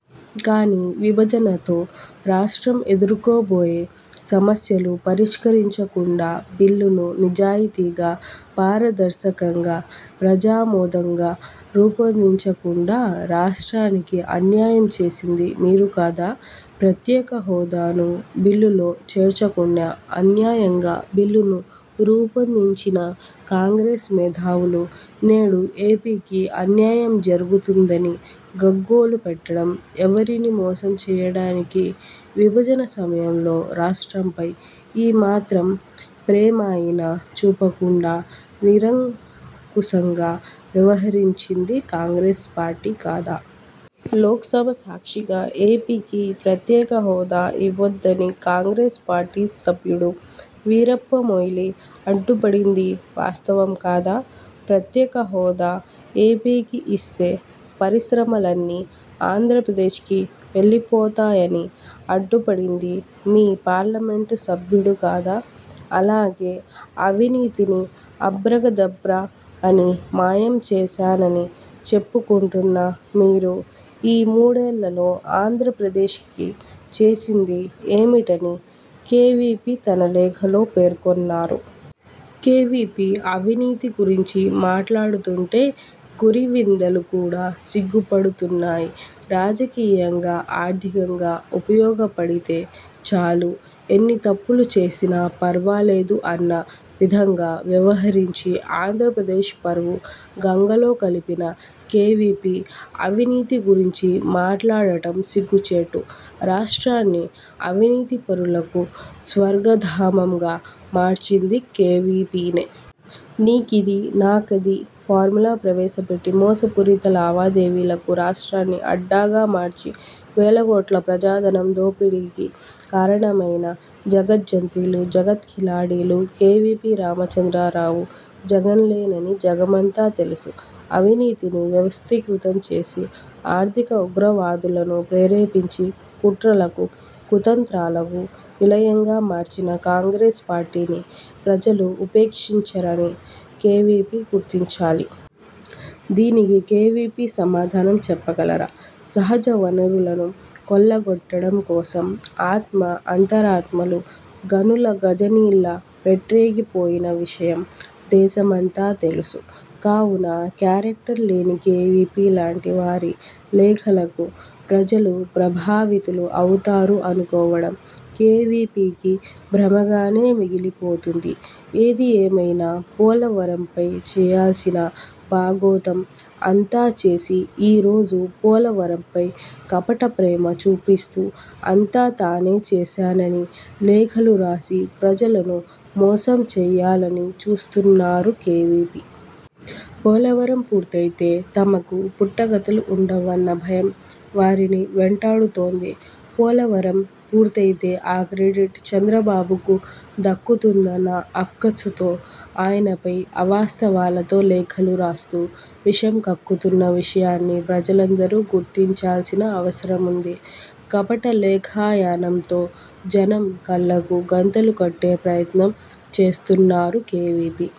కానీ విభజనతో రాష్ట్రం ఎదుర్కొబోయే సమస్యలు పరిష్కరించకుండా బిల్లును నిజాయితీగా, పారదర్శకంగా, ప్రజామోదంగా రూపొందించకుండా రాష్ట్రానికి అన్యాయం చేసింది మీరు కాదా? ప్రత్యేకహోదాను బిల్లులో చేర్చకుండా అన్యాయంగా బిల్లును రూపొందించిన కాంగ్రెస్ మేధావులు నేడు ఏపీకి అన్యాయం జరుగుతుందని గగ్గోలుపెట్టడం ఎవరిని మోసం చేయడానికి? విభజన సమయంలో రాష్ట్రంపై ఈ మాత్రం ప్రేమ అయినా చూపకుండా నిరంకుశంగా వ్యవహరించింది కాంగ్రెస్ పార్టీ కాదా? లోక్సభ సాక్షిగా ఏపీకి ప్రత్యేకహోదా ఇవ్వొద్దని కాంగ్రెస్ పార్టీ సభ్యుడు వీరప్ప మొయిలీ అడ్డుపడింది వాస్తవం కాదా? ప్రత్యేకహోదా ఏపీకి ఇస్తే పరిశ్రమలన్నీ ఆంధ్రప్రదేశ్కి వెళ్లిపోతాయని అడ్డుపడింది మీ పార్లమెంటు సభ్యుడు కాదా? అట్లాగే అవినీతిని అభ్రకదభ్ర అని మాయం చేశానని చెప్పుకుంటున్న మీరు ఈ మూడేళ్లలో ఆంధ్రప్రదేశ్కి చేసింది ఏమిటని కేవీపీ తన లేఖలో పేర్కొన్నారు. కేవీపీ అవినీతి గురించి మాట్లాడుతుంటే గురివిందలు కూడా సిగ్గుపడుతున్నాయి. రాజకీయంగా, ఆర్థికంగా ఉపయోగపడితే చాలు ఎన్ని తప్పులు చేసినా పర్వాలేదు అన్న విధంగా వ్యవహరించి ఆంధ్రప్రదేశ్ పరువు గంగలో కలిపిన కేవీపీ అవినీతి గురించి మాట్లాడటం సిగ్గుచేటు. రాష్ట్రాన్ని అవినీతి పరులకు స్వర్గధామంగా మార్చింది కేవీపీనే. నీకిది, నాకది ఫార్ములా ప్రవేశపెట్టి మోసపూరిత లావాదేవీలకు రాష్ట్రాన్ని అడ్డాగా మార్చి వేలకోట్లు ప్రజాధనం దోపిడీకి కారణమైన జగత్ జంత్రీలు, జగత్కిలాడీలు కేవీపీ రామచంద్రరావు, జగన్ లేనని జగమంతా తెలుసు. అవినీతిని వ్యవస్థీకృతం చేసి ఆర్థిక ఉగ్రవాదులను ప్రేరేపించి కుట్రలకు, కుతంత్రాలకు నిలయంగా మార్చిన కాంగ్రెస్ పార్టీని ప్రజలు ఉపేక్షించరని కేవీపీ గుర్తించాలి. దీనికి కేవీపీ సమాధానం చెప్పగలరా? సహజ వనరులను కొల్లగొట్టడం కోసం ఆత్మ, అంతరాత్మలు గనుల గజనీల్లా పేట్రేగిపోయిన విషయం దేశమంతా తెలుసు. కావున క్యారెక్టర్ లేని కేవీపీ లాంటి వారి లేఖలకు ప్రజలు ప్రభావితులు అవుతారు అనుకోవడం కేవీపీకి భ్రమగానే మిగిలిపోతుంది. ఏది ఏమైనా పోలవరంపై చేయాల్సిన బాగోతం అంతా చేసి ఈ రోజు పోలవరంపై కపట ప్రేమ చూపిస్తూ అంతా తానే చేశానని లేఖలు రాసి ప్రజలను మోసం చేయాలని చూస్తున్నారు కేవీపీ. పోలవరం పూర్తయితే తమకు పుట్టగతులు ఉండవన్న భయం వారిని వెంటాడుతోంది. పోలవరం పూర్తయితే ఆ క్రెడిట్ చంద్రబాబుకు దక్కుతుందన్న అక్కసుతో ఆయనపై అవాస్తవాలతో లేఖలు రాస్తూ విషం కక్కుతున్న విషయాన్ని ప్రజలందరూ గుర్తించాల్సిన అవసరముంది. కపట లేఖాయనంతో జనం కళ్లకు గంతలు కట్టే ప్రయత్నం చేస్తున్నారు కేవీపీ.